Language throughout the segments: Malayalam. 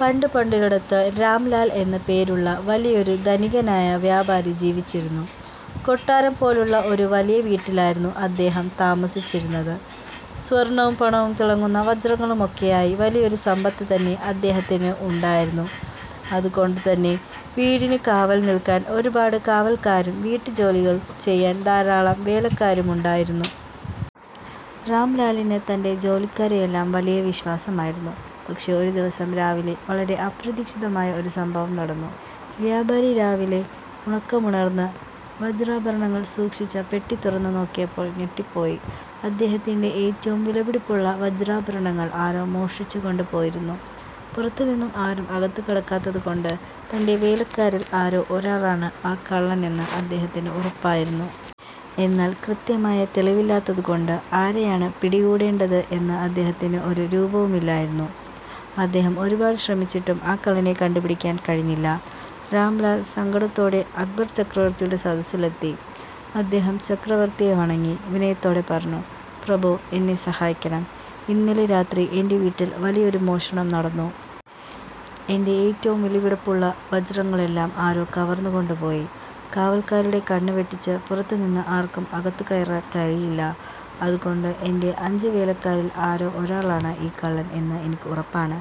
പണ്ട് പണ്ടൊരിടത്ത്, രാംലാൽ എന്ന് പേരുള്ള വലിയൊരു ധനികനായ വ്യാപാരി ജീവിച്ചിരുന്നു. കൊട്ടാരം പോലുള്ള ഒരു വലിയ വീട്ടിലായിരുന്നു അദ്ദേഹം താമസിച്ചിരുന്നത്. സ്വർണവും പണവും തിളങ്ങുന്ന വജ്രങ്ങളുമൊക്കെയായി വലിയൊരു സമ്പത്ത് തന്നെ അദ്ദേഹത്തിന് ഉണ്ടായിരുന്നു. അതുകൊണ്ട് തന്നെ വീടിന് കാവൽ നിൽക്കാൻ ഒരുപാട് കാവൽക്കാരും, വീട്ടുജോലികൾ ചെയ്യാൻ ധാരാളം വേലക്കാരുമുണ്ടായിരുന്നു. രാംലാലിന് തന്റെ ജോലിക്കാരെയെല്ലാം വലിയ വിശ്വാസമായിരുന്നു. പക്ഷേ, ഒരു ദിവസം രാവിലെ വളരെ അപ്രതീക്ഷിതമായ ഒരു സംഭവം നടന്നു! വ്യാപാരി രാവിലെ ഉറക്കമുണർന്ന് വജ്രാഭരണങ്ങൾ സൂക്ഷിച്ച പെട്ടി തുറന്നു നോക്കിയപ്പോൾ ഞെട്ടിപ്പോയി. അദ്ദേഹത്തിന്റെ ഏറ്റവും വിലപിടിപ്പുള്ള വജ്രാഭരണങ്ങൾ ആരോ മോഷ്ടിച്ചുകൊണ്ട് പോയിരുന്നു! പുറത്തുനിന്ന് ആരും അകത്തു കടക്കാത്തതു കൊണ്ട്, തന്റെ വേലക്കാരിൽ ആരോ ഒരാളാണ് ആ കള്ളനെന്ന് അദ്ദേഹത്തിന് ഉറപ്പായിരുന്നു. എന്നാൽ, കൃത്യമായ തെളിവില്ലാത്തതു കൊണ്ട് ആരെയാണ് പിടികൂടേണ്ടതെന്ന് അദ്ദേഹത്തിന് ഒരു രൂപവുമില്ലായിരുന്നു. അദ്ദേഹം ഒരുപാട് ശ്രമിച്ചിട്ടും ആ കള്ളനെ കണ്ടുപിടിക്കാൻ കഴിഞ്ഞില്ല. രാംലാൽ സങ്കടത്തോടെ അക്ബർ ചക്രവർത്തിയുടെ സദസ്സിലെത്തി. അദ്ദേഹം ചക്രവർത്തിയെ വണങ്ങി വിനയത്തോടെ പറഞ്ഞു: "പ്രഭോ, എന്നെ സഹായിക്കണം! ഇന്നലെ രാത്രി എന്റെ വീട്ടിൽ വലിയൊരു മോഷണം നടന്നു. എന്റെ ഏറ്റവും വിലപിടിപ്പുള്ള വജ്രങ്ങളെല്ലാം ആരോ കവർന്നു കൊണ്ടുപോയി. കാവൽക്കാരുടെ കണ്ണ് വെട്ടിച്ച് പുറത്തു നിന്ന് ആർക്കും അകത്തുകയറാൻ കഴിയില്ല. അതുകൊണ്ട് എന്റെ അഞ്ച് വേലക്കാരിൽ ആരോ ഒരാളാണ് ഈ കള്ളൻ എന്ന് എനിക്കുറപ്പാണ്.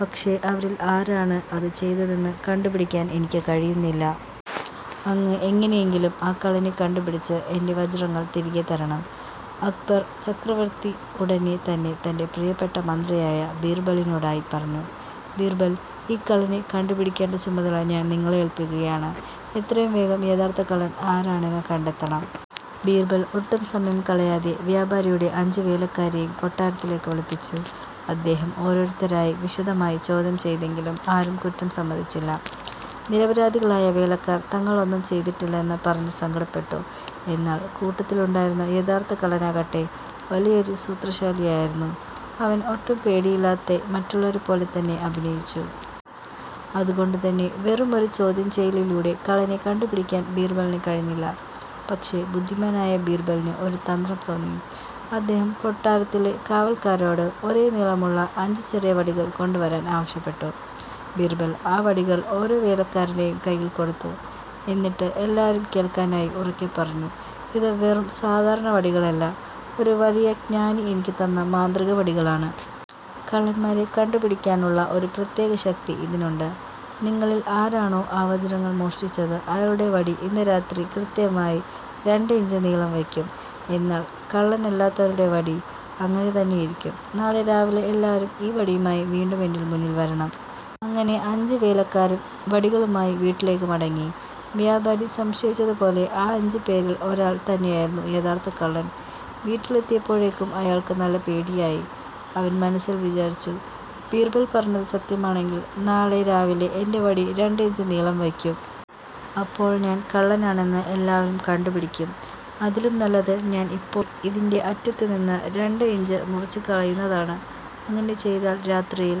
പക്ഷേ, അവരിൽ ആരാണ് അത് ചെയ്തതെന്ന് കണ്ടുപിടിക്കാൻ എനിക്ക് കഴിയുന്നില്ല. അങ്ങ് എങ്ങനെയെങ്കിലും ആ കള്ളനെ കണ്ടുപിടിച്ച് എന്റെ വജ്രങ്ങൾ തിരികെ വാങ്ങിത്തരണം. " അക്ബർ ചക്രവർത്തി ഉടനെ തന്നെ തന്റെ പ്രിയപ്പെട്ട മന്ത്രിയായ ബീർബലിനോടായി പറഞ്ഞു: "ബീർബൽ, ഈ കള്ളനെ കണ്ടുപിടിക്കേണ്ട ചുമതല ഞാൻ നിങ്ങളെ ഏൽപ്പിക്കുകയാണ്. എത്രയും വേഗം യഥാർഥ കള്ളൻ ആരാണെന്ന് കണ്ടെത്തണം. " ബീർബൽ ഒട്ടും സമയം കളയാതെ വ്യാപാരിയുടെ അഞ്ച് വേലക്കാരെയും കൊട്ടാരത്തിലേക്ക് വിളിപ്പിച്ചു. അദ്ദേഹം ഓരോരുത്തരെയായി വിശദമായി ചോദ്യം ചെയ്തെങ്കിലും ആരും കുറ്റം സമ്മതിച്ചില്ല. നിരപരാധികളായ വേലക്കാർ തങ്ങൾ ഒന്നും ചെയ്തിട്ടില്ലെന്ന് പറഞ്ഞ് സങ്കടപ്പെട്ടു. എന്നാൽ, കൂട്ടത്തിലുണ്ടായിരുന്ന യഥാർത്ഥ കള്ളനാകട്ടെ വലിയൊരു സൂത്രശാലിയായിരുന്നു! അവൻ ഒട്ടും പേടിയില്ലാതെ മറ്റുള്ളവരെപ്പോലെ തന്നെ അഭിനയിച്ചു. അതുകൊണ്ടുതന്നെ വെറുമൊരു ചോദ്യം ചെയ്യലിലൂടെ കള്ളനെ കണ്ടുപിടിക്കാൻ ബീർബലിന് കഴിഞ്ഞില്ല. പക്ഷേ, ബുദ്ധിമാനായ ബിർബലിന് ഒരു തന്ത്രം തോന്നി. അദ്ദേഹം കൊട്ടാരത്തിലെ കാവൽക്കാരനോട് ഒരേ നീളമുള്ള അഞ്ച് ചെറിയ വടികൾ കൊണ്ടുവരാൻ ആവശ്യപ്പെട്ടു. ബീർബൽ ആ വടികൾ ഓരോ വേലക്കാരന്റെയും കയ്യിൽ കൊടുത്തു. എന്നിട്ട് എല്ലാവരും കേൾക്കാനായി ഉറക്കെ പറഞ്ഞു: "ഇത് വെറും സാധാരണ വടികളല്ല, ഒരു വലിയ ജ്ഞാനി എനിക്ക് തന്ന മാന്ത്രിക വടികളാണ്! കള്ളന്മാരെ കണ്ടുപിടിക്കാനുള്ള ഒരു പ്രത്യേക ശക്തി ഇതിനുണ്ട്. നിങ്ങളിൽ ആരാണോ ആ വജ്രങ്ങൾ മോഷ്ടിച്ചത്, അയാളുടെ വടി ഇന്ന് രാത്രിയിൽ കൃത്യമായി രണ്ട് ഇഞ്ച് നീളം വയ്ക്കും! എന്നാൽ കള്ളനല്ലാത്തവരുടെ വടി അങ്ങനെ തന്നെയിരിക്കും. നാളെ രാവിലെ എല്ലാവരും ഈ വടിയുമായി വീണ്ടും എന്റെ മുന്നിൽ വരണം. " അങ്ങനെ അഞ്ച് വേലക്കാരും വടികളുമായി വീട്ടിലേക്ക് മടങ്ങി. വ്യാപാരി സംശയിച്ചതുപോലെ ആ അഞ്ചുപേരിൽ ഒരാൾ തന്നെയായിരുന്നു യഥാർഥ കള്ളൻ! വീട്ടിലെത്തിയപ്പോഴേക്കും അയാൾക്ക് നല്ല പേടിയായി. അവൻ മനസ്സിൽ വിചാരിച്ചു: "ബീർബൽ പറഞ്ഞത് സത്യമാണെങ്കിൽ നാളെ രാവിലെ എന്റെ വടി രണ്ട് ഇഞ്ച് നീളം വയ്ക്കും! അപ്പോൾ ഞാൻ കള്ളനാണെന്ന് എല്ലാവരും കണ്ടുപിടിക്കും. അതിലും നല്ലത് ഞാൻ ഇപ്പോഴേ ഇതിന്റെ അറ്റത്തു നിന്ന് രണ്ട് ഇഞ്ച് മുറിച്ചുകളയുന്നതാണ്! അങ്ങനെ ചെയ്താൽ രാത്രിയിൽ